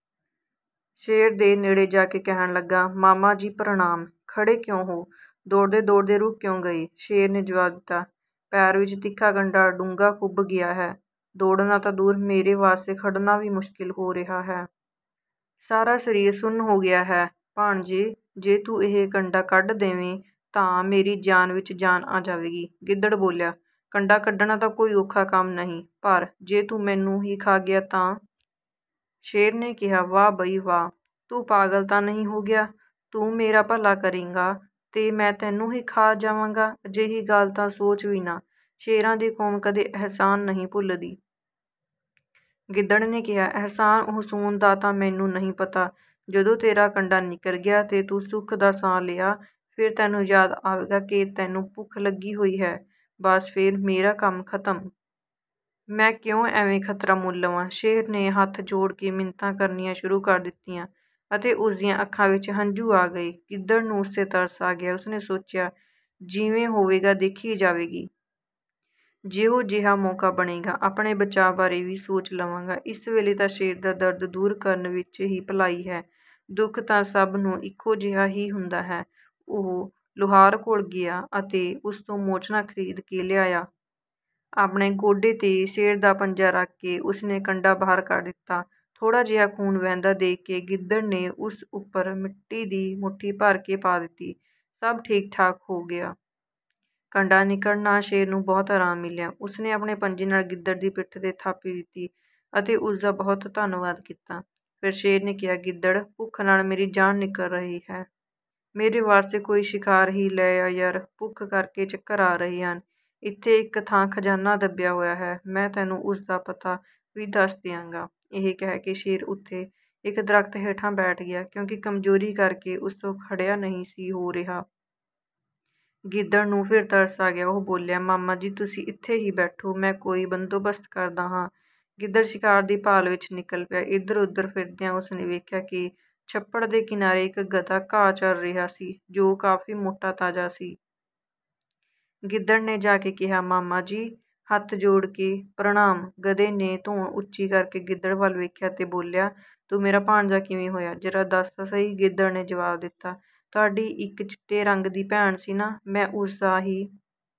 ਸ਼ੇਰ ਦੇ ਨੇੜੇ ਜਾ ਕੇ ਕਹਿਣ ਲੱਗਾ, "ਮਾਮਾ ਜੀ, ਪ੍ਰਣਾਮ! ਖੜ੍ਹੇ ਕਿਉਂ ਹੋ? ਦੌੜਦੇ-ਦੌੜਦੇ ਰੁਕ ਕਿਉਂ ਗਏ?" ਸ਼ੇਰ ਨੇ ਜਵਾਬ ਦਿੱਤਾ, "ਪੈਰ ਵਿੱਚ ਤਿੱਖਾ ਕੰਡਾ ਡੂੰਘਾ ਖੁੱਭ ਗਿਆ ਹੈ। ਦੌੜਨਾ ਤਾਂ ਦੂਰ, ਮੇਰੇ ਵਾਸਤੇ ਖੜ੍ਹਨਾ ਵੀ ਮੁਸ਼ਕਿਲ ਹੋ ਰਿਹਾ ਹੈ। ਸਾਰਾ ਸਰੀਰ ਸੁੰਨ ਹੋ ਗਿਆ ਹੈ। ਭਾਣਜੇ, ਜੇ ਤੂੰ ਇਹ ਕੰਡਾ ਕੱਢ ਦੇਵੇਂ ਤਾਂ ਮੇਰੀ ਜਾਨ ਵਿੱਚ ਜਾਨ ਆ ਜਾਵੇਗੀ।" ਗਿੱਦੜ ਬੋਲਿਆ, "ਕੰਡਾ ਕੱਢਣਾ ਤਾਂ ਕੋਈ ਔਖਾ ਕੰਮ ਨਹੀਂ, ਪਰ ਜੇ ਤੂੰ ਮੈਨੂੰ ਹੀ ਖਾ ਗਿਆ ਤਾਂ?" ਸ਼ੇਰ ਨੇ ਕਿਹਾ, "ਵਾਹ ਬਈ ਵਾਹ! ਤੂੰ ਪਾਗਲ ਤਾਂ ਨਹੀਂ ਹੋ ਗਿਆ? ਤੂੰ ਮੇਰਾ ਭਲਾ ਕਰੇਂਗਾ ਤੇ ਮੈਂ ਤੈਨੂੰ ਹੀ ਖਾ ਜਾਵਾਂਗਾ? ਅਜਿਹੀ ਗੱਲ ਤਾਂ ਸੋਚ ਵੀ ਨਾ। ਸ਼ੇਰਾਂ ਦੀ ਕੌਮ ਕਦੇ ਅਹਿਸਾਨ ਨਹੀਂ ਭੁੱਲਦੀ।" ਗਿੱਦੜ ਨੇ ਕਿਹਾ, "ਅਹਿਸਾਨ-ਉਹਸਾਨ ਦਾ ਤਾਂ ਮੈਨੂੰ ਨਹੀਂ ਪਤਾ। ਜਦੋਂ ਤੇਰਾ ਕੰਡਾ ਨਿਕਲ ਗਿਆ ਤੇ ਤੂੰ ਸੁੱਖ ਦਾ ਸਾਹ ਲਿਆ, ਫਿਰ ਤੈਨੂੰ ਯਾਦ ਆਵੇਗਾ ਕਿ ਤੈਨੂੰ ਭੁੱਖ ਲੱਗੀ ਹੋਈ ਹੈ। ਬੱਸ ਫਿਰ ਮੇਰਾ ਕੰਮ ਖ਼ਤਮ! ਮੈਂ ਕਿਉਂ ਐਵੇਂ ਖ਼ਤਰਾ ਮੁੱਲ ਲਵਾਂ?" ਸ਼ੇਰ ਨੇ ਹੱਥ ਜੋੜ ਕੇ ਮਿੰਨਤਾਂ ਕਰਨੀਆਂ ਸ਼ੁਰੂ ਕਰ ਦਿੱਤੀਆਂ ਅਤੇ ਉਸ ਦੀਆਂ ਅੱਖਾਂ ਵਿੱਚ ਹੰਝੂ ਆ ਗਏ। ਗਿੱਦੜ ਨੂੰ ਉਸ 'ਤੇ ਤਰਸ ਆ ਗਿਆ। ਉਸ ਨੇ ਸੋਚਿਆ, 'ਜਿਵੇਂ ਹੋਵੇਗਾ ਦੇਖੀ ਜਾਵੇਗੀ। ਜਿਹੋ ਜਿਹਾ ਮੌਕਾ ਬਣੇਗਾ, ਆਪਣੇ ਬਚਾਅ ਬਾਰੇ ਵੀ ਸੋਚ ਲਵਾਂਗੇ। ਇਸ ਵੇਲੇ ਤਾਂ ਸ਼ੇਰ ਦਾ ਦਰਦ ਦੂਰ ਕਰਨ ਵਿੱਚ ਹੀ ਭਲਾਈ ਹੈ, ਦੁੱਖ ਤਾਂ ਸਭ ਨੂੰ ਇੱਕੋ ਜਿਹਾ ਹੀ ਹੁੰਦਾ ਹੈ।' ਉਹ ਲੁਹਾਰ ਕੋਲ ਗਿਆ ਅਤੇ ਉਸ ਤੋਂ ਮੋਚਨਾ ਖ਼ਰੀਦ ਕੇ ਲਿਆਇਆ। ਆਪਣੇ ਗੋਡੇ 'ਤੇ ਸ਼ੇਰ ਦਾ ਪੰਜਾ ਰੱਖ ਕੇ ਉਸ ਨੇ ਕੰਡਾ ਬਾਹਰ ਕੱਢ ਦਿੱਤਾ। ਥੋੜ੍ਹਾ ਜਿਹਾ ਖ਼ੂਨ ਵਹਿੰਦਾ ਦੇਖ ਕੇ ਗਿੱਦੜ ਨੇ ਉਸ ਉੱਪਰ ਮਿੱਟੀ ਦੀ ਮੁੱਠੀ ਭਰ ਕੇ ਪਾ ਦਿੱਤੀ। ਸਭ ਠੀਕ-ਠਾਕ ਹੋ ਗਿਆ। ਕੰਡਾ ਨਿਕਲਣ ਨਾਲ ਸ਼ੇਰ ਨੂੰ ਬਹੁਤ ਆਰਾਮ ਮਿਲਿਆ। ਉਸ ਨੇ ਆਪਣੇ ਪੰਜੇ ਨਾਲ ਗਿੱਦੜ ਦੀ ਪਿੱਠ 'ਤੇ ਥਾਪੀ ਦਿੱਤੀ ਅਤੇ ਉਸ ਦਾ ਬਹੁਤ ਧੰਨਵਾਦ ਕੀਤਾ। ਫਿਰ ਸ਼ੇਰ ਨੇ ਕਿਹਾ, "ਗਿੱਦੜ, ਭੁੱਖ ਨਾਲ ਮੇਰੀ ਜਾਨ ਨਿਕਲ ਰਹੀ ਹੈ। ਮੇਰੇ ਵਾਸਤੇ ਕੋਈ ਸ਼ਿਕਾਰ ਹੀ ਲੈ ਆ ਯਾਰ, ਭੁੱਖ ਕਰਕੇ ਚੱਕਰ ਆ ਰਹੇ ਹਨ। ਇੱਥੇ ਇੱਕ ਥਾਂ ਖ਼ਜ਼ਾਨਾ ਦੱਬਿਆ ਹੋਇਆ ਹੈ, ਮੈਂ ਤੈਨੂੰ ਉਸ ਦਾ ਪਤਾ ਵੀ ਦੱਸ ਦਿਆਂਗਾ।" ਇਹ ਕਹਿ ਕੇ ਸ਼ੇਰ ਉੱਥੇ ਇੱਕ ਦਰੱਖਤ ਹੇਠਾਂ ਬੈਠ ਗਿਆ, ਕਿਉਂਕਿ ਕਮਜ਼ੋਰੀ ਕਰਕੇ ਉਸ ਤੋਂ ਖੜ੍ਹਿਆ ਨਹੀਂ ਸੀ ਹੋ ਰਿਹਾ। ਗਿੱਦੜ ਨੂੰ ਫਿਰ ਤਰਸ ਆ ਗਿਆ, ਉਹ ਬੋਲਿਆ, "ਮਾਮਾ ਜੀ, ਤੁਸੀਂ ਇੱਥੇ ਹੀ ਬੈਠੋ, ਮੈਂ ਕੋਈ ਬੰਦੋਬਸਤ ਕਰਦਾ ਹਾਂ।" ਗਿੱਦੜ ਸ਼ਿਕਾਰ ਦੀ ਭਾਲ ਵਿੱਚ ਨਿਕਲ ਪਿਆ। ਇੱਧਰ-ਉੱਧਰ ਫਿਰਦਿਆਂ ਉਸ ਨੇ ਵੇਖਿਆ ਕਿ ਛੱਪੜ ਦੇ ਕਿਨਾਰੇ ਇੱਕ ਗਧਾ ਘਾਹ ਚਰ ਰਿਹਾ ਸੀ, ਜੋ ਕਾਫ਼ੀ ਮੋਟਾ-ਤਾਜ਼ਾ ਸੀ। ਗਿੱਦੜ ਨੇ ਨੇੜੇ ਜਾ ਕੇ ਕਿਹਾ, "ਮਾਮਾ ਜੀ, ਹੱਥ ਜੋੜ ਕੇ ਪ੍ਰਣਾਮ।" ਗਧੇ ਨੇ ਧੌਣ ਉੱਚੀ ਕਰਕੇ ਗਿੱਦੜ ਵੱਲ ਵੇਖਿਆ ਅਤੇ ਬੋਲਿਆ, "ਤੂੰ ਮੇਰਾ ਭਾਣਜਾ ਕਿਵੇਂ ਹੋਇਆ? ਜਰਾ ਦੱਸ ਤਾਂ ਸਹੀ?" ਗਿੱਦੜ ਨੇ ਜਵਾਬ ਦਿੱਤਾ, "ਤੁਹਾਡੀ ਇੱਕ ਚਿੱਟੇ ਰੰਗ ਦੀ ਭੈਣ ਸੀ ਨਾ? ਮੈਂ ਉਸ ਦਾ ਹੀ..."